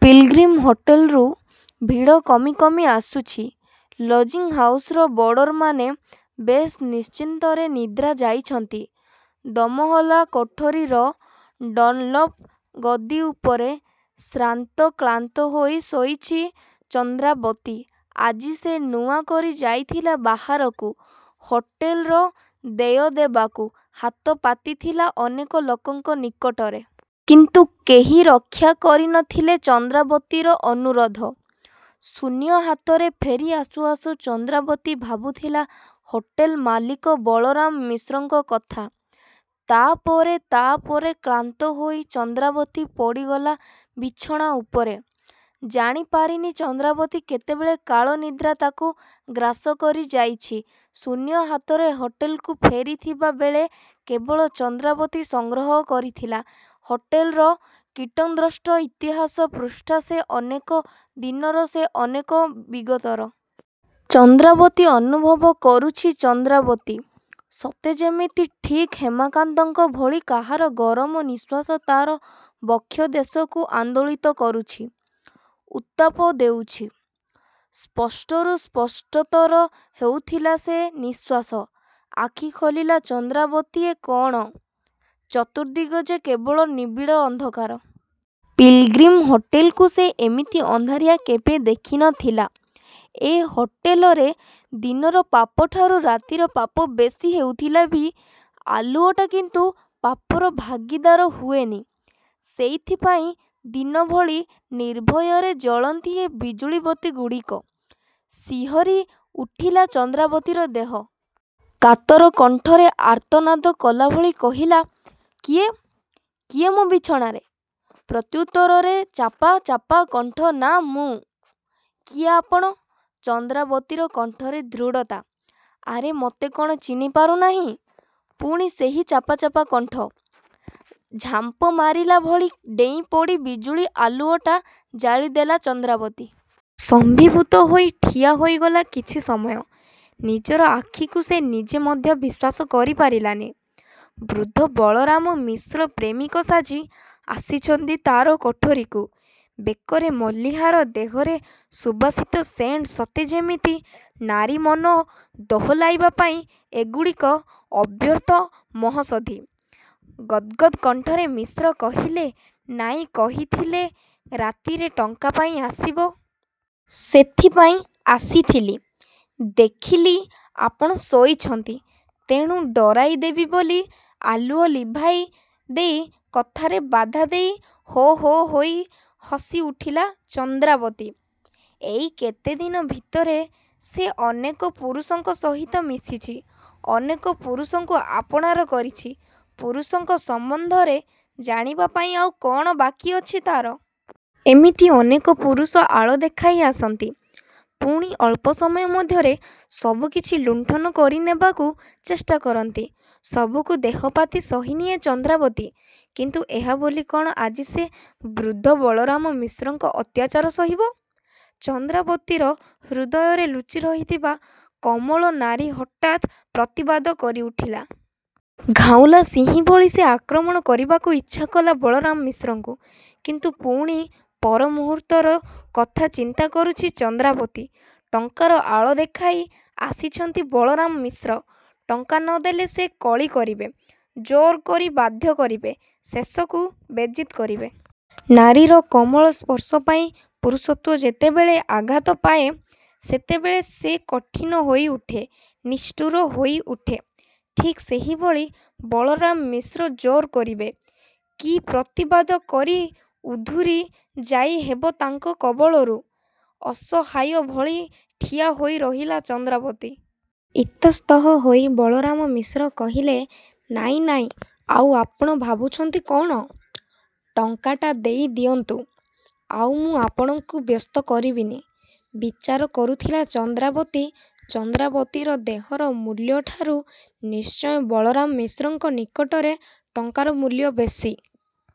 Pilgrim ହୋଟେଲ୍ରୁ ଭିଡ଼ କମି କମି ଆସୁଛି। ଲଜିଂ ହାଉସ୍ର ବୋଡ଼ରମାନେ ବେଶ୍ ନିଶ୍ଚିନ୍ତରେ ନିଦ୍ରା ଯାଇଛନ୍ତି। ଦୋମହଲା କୋଠରୀର ଡନ୍ଲପ୍ ଗଦି ଉପରେ ଶ୍ରାନ୍ତ କ୍ଳାନ୍ତ ହୋଇ ଶୋଇଛି ଚନ୍ଦ୍ରାବତୀ। ଆଜି ସେ ନୂଆ କରି ଯାଇଥିଲା ବାହାରକୁ। ହୋଟେଲର ଦେୟ ଦେବାକୁ ହାତ ପାତିଥିଲା ଅନେକ ଲୋକଙ୍କ ନିକଟରେ। କିନ୍ତୁ କେହି ରକ୍ଷା କରି ନ ଥିଲେ ଚନ୍ଦ୍ରାବତୀର ଅନୁରୋଧ। ଶୂନ୍ୟ ହାତରେ ଫେରି ଆସୁ ଆସୁ ଚନ୍ଦ୍ରାବତୀ ଭାବୁଥିଲା ହୋଟେଲ ମାଲିକ ବଳରାମ ମିଶ୍ରଙ୍କ କଥା। ତା'ପରେ ତା'ପରେ କ୍ଳାନ୍ତ ହୋଇ ଚନ୍ଦ୍ରାବତୀ ପଡ଼ିଗଲା ବିଛଣା ଉପରେ। ଜାଣି ପାରିନି ଚନ୍ଦ୍ରାବତୀ କେତେବେଳେ କାଳ ନିଦ୍ରା ତାକୁ ଗ୍ରାସ କରି ଯାଇଛି ଶୂନ୍ୟ ହାତରେ ହୋଟେଲକୁ ଫେରିଥିବା ବେଳେ କେବଳ ଚନ୍ଦ୍ରାବତୀ ସଂଗ୍ରହ କରିଥିଲା ହୋଟେଲର କୀଟଦ୍ରଂଷ୍ଟ ଇତିହାସ ପୃଷ୍ଠା, ସେ ଅନେକ ଦିନର, ସେ ଅନେକ ବିଗତର। ଚନ୍ଦ୍ରାବତୀ ଅନୁଭବ କରୁଛି ଚନ୍ଦ୍ରାବତୀ। ସତେ ଯେମିତି ଠିକ୍ ହେମକାନ୍ତଙ୍କ ଭଳି କାହାର ଗରମ ନିଃଶ୍ୱାସ ତା'ର ବକ୍ଷ ଦେଶକୁ ଆନ୍ଦୋଳିତ କରୁଛି। ଉତ୍ତାପ ଦେଉଛି। ସ୍ପଷ୍ଟରୁ ସ୍ପଷ୍ଟତର ହେଉଥିଲା ସେ ନିଶ୍ୱାସ। ଆଖି ଖୋଲିଲା ଚନ୍ଦ୍ରାବତୀଏ କ'ଣ? ଚତୁର୍ଦିଗ ଯେ କେବଳ ନିବିଡ଼ ଅନ୍ଧକାର! ପିଲ୍ଗ୍ରିମ ହୋଟେଲକୁ ସେ ଏମିତି ଅନ୍ଧାରିଆ କେବେ ଦେଖି ନ ଥିଲା। ଏ ହୋଟେଲରେ ଦିନର ପାପଠାରୁ ରାତିର ପାପ ବେଶୀ ହେଉଥିଲା ବି ଆଲୁଅଟା କିନ୍ତୁ ପାପର ଭାଗୀଦାର ହୁଏନି। ସେଇଥିପାଇଁ ଦିନ ଭଳି ନିର୍ଭୟରେ ଜଳନ୍ତି ଏ ବିଜୁଳିବତୀଗୁଡ଼ିକ। ଶିହରି ଉଠିଲା ଚନ୍ଦ୍ରାବତୀର ଦେହ। କାତର କଣ୍ଠରେ ଆର୍ତ୍ତନାଦ କଲା ଭଳି କହିଲା, "କିଏ? କିଏ ମୋ ବିଛଣାରେ?"ପ୍ରତ୍ୟୁତ୍ତରରେ ଚାପା ଚାପା କଣ୍ଠ, ନାଁ ମୁଁ।"କିଏ ଆପଣ?" ଚନ୍ଦ୍ରାବତୀର କଣ୍ଠରେ ଦୃଢ଼ତା।"ଆରେ ମୋତେ କ'ଣ ଚିହ୍ନି ପାରୁନାହିଁ?" ପୁଣି ସେହି ଚାପା ଚାପା କଣ୍ଠ। ଝାମ୍ପମାରିଲା ଭଳି ଡେଇଁ ପଡ଼ି ବିଜୁଳି ଆଲୁଅଟା ଜାଳିଦେଲା ଚନ୍ଦ୍ରାବତୀ। ସ୍ତମ୍ଭୀଭୂତ ହୋଇ ଠିଆ ହୋଇଗଲା କିଛି ସମୟ। ନିଜର ଆଖିକୁ ସେ ନିଜେ ମଧ୍ୟ ବିଶ୍ୱାସ କରି ପାରିଲାନି। ବୃଦ୍ଧ ବଳରାମ ମିଶ୍ର ପ୍ରେମିକ ସାଜି ଆସିଛନ୍ତି ତା'ର କୋଠରୀକୁ। ବେକରେ ମଲ୍ଲିହାର, ଦେହରେ ସୁବାସିତ ସେଣ୍ଟ୍ ସତେ ଯେମିତି ନାରୀ ମନ ଦୋହଲାଇବା ପାଇଁ ଏଗୁଡ଼ିକ ଅବ୍ୟର୍ଥ ମହୋଷଧୀ|ଗଦ୍ଗଦ୍ କଣ୍ଠରେ ମିଶ୍ର କହିଲେ, "ନାଇଁ, କହିଥିଲେ ରାତିରେ ଟଙ୍କା ପାଇଁ ଆସିବ। ସେଥିପାଇଁ ଆସିଥିଲି। ଦେଖିଲି ଆପଣ ଶୋଇଛନ୍ତି, ତେଣୁ ଡରାଇ ଦେବି ବୋଲି ଆଲୁଅ ଲିଭାଇ ଦେଇ. କଥାରେ ବାଧା ଦେଇ ହୋ ହୋ ହୋଇ ହସିଉଠିଲା ଚନ୍ଦ୍ରାବତୀ। ଏଇ କେତେଦିନ ଭିତରେ ସେ ଅନେକ ପୁରୁଷଙ୍କ ସହିତ ମିଶିଛି, ଅନେକ ପୁରୁଷଙ୍କୁ ଆପଣାର କରିଛି ପୁରୁଷଙ୍କ ସମ୍ୱନ୍ଧରେ ଜାଣିବା ପାଇଁ ଆଉ କ'ଣ ବାକି ଅଛି ତା'ର? ଏମିତି ଅନେକ ପୁରୁଷ ଆଳ ଦେଖାଇ ଆସନ୍ତି, ପୁଣି ଅଳ୍ପ ସମୟ ମଧ୍ୟରେ ସବୁ କିଛି ଲୁଣ୍ଠନ କରିନେବାକୁ ଚେଷ୍ଟା କରନ୍ତି। ସବୁକୁ ଦେହପାତି ସହିନିଏ ଚନ୍ଦ୍ରାବତୀ। କିନ୍ତୁ ଏହା ବୋଲି କ'ଣ ଆଜି ସେ ବୃଦ୍ଧ ବଳରାମ ମିଶ୍ରଙ୍କ ଅତ୍ୟାଚାର ସହିବ? ଚନ୍ଦ୍ରାବତୀର ହୃଦୟରେ ଲୁଚି ରହିଥିବା କୋମଳ ନାରୀ ହଠାତ୍ ପ୍ରତିବାଦ କରି ଉଠିଲା। ଘାଉଲା ସିଂହୀ ଭଳି ସେ ଆକ୍ରମଣ କରିବାକୁ ଇଚ୍ଛାକଲା ବଳରାମ ମିଶ୍ରଙ୍କୁ। କିନ୍ତୁ ପୁଣି ପରମୁହୂର୍ତ୍ତର କଥା ଚିନ୍ତା କରୁଛି ଚନ୍ଦ୍ରାବତୀ। ଟଙ୍କାର ଆଳ ଦେଖାଇ ଆସିଛନ୍ତି ବଳରାମ ମିଶ୍ର। ଟଙ୍କା ନ ଦେଲେ ସେ କଳି କରିବେ, ଜୋର କରି ବାଧ୍ୟ କରିବେ, ଶେଷକୁ ବେଜିତ୍ କରିବେ। ନାରୀର କୋମଳ ସ୍ପର୍ଶ ପାଇଁ ପୁରୁଷତ୍ୱ ଯେତେବେଳେ ଆଘାତ ପାଏ, ସେତେବେଳେ ସେ କଠିନ ହୋଇଉଠେ, ନିଷ୍ଠୁର ହୋଇଉଠେ। ଠିକ୍ ସେହିଭଳି ବଳରାମ ମିଶ୍ର ଜୋର କରିବେ। କି ପ୍ରତିବାଦ କରି ଉଧୁରି ଯାଇ ହେବ ତାଙ୍କ କବଳରୁ? ଅସହାୟ ଭଳି ଠିଆ ହୋଇ ରହିଲା ଚନ୍ଦ୍ରାବତୀ। ଇତସ୍ତତଃ ହୋଇ ବଳରାମ ମିଶ୍ର କହିଲେ, "ନାଇଁ ନାଇଁ, ଆଉ ଆପଣ ଭାବୁଛନ୍ତି କ'ଣ? ଟଙ୍କାଟା ଦେଇ ଦିଅନ୍ତୁ, ଆଉ ମୁଁ ଆପଣଙ୍କୁ ବ୍ୟସ୍ତ କରିବିନି।"ବିଚାର କରୁଥିଲା ଚନ୍ଦ୍ରାବତୀ ଚନ୍ଦ୍ରାବତୀର ଦେହର ମୂଲ୍ୟଠାରୁ ନିଶ୍ଚୟ ବଳରାମ ମିଶ୍ରଙ୍କ ନିକଟରେ ଟଙ୍କାର ମୂଲ୍ୟ ବେଶୀ।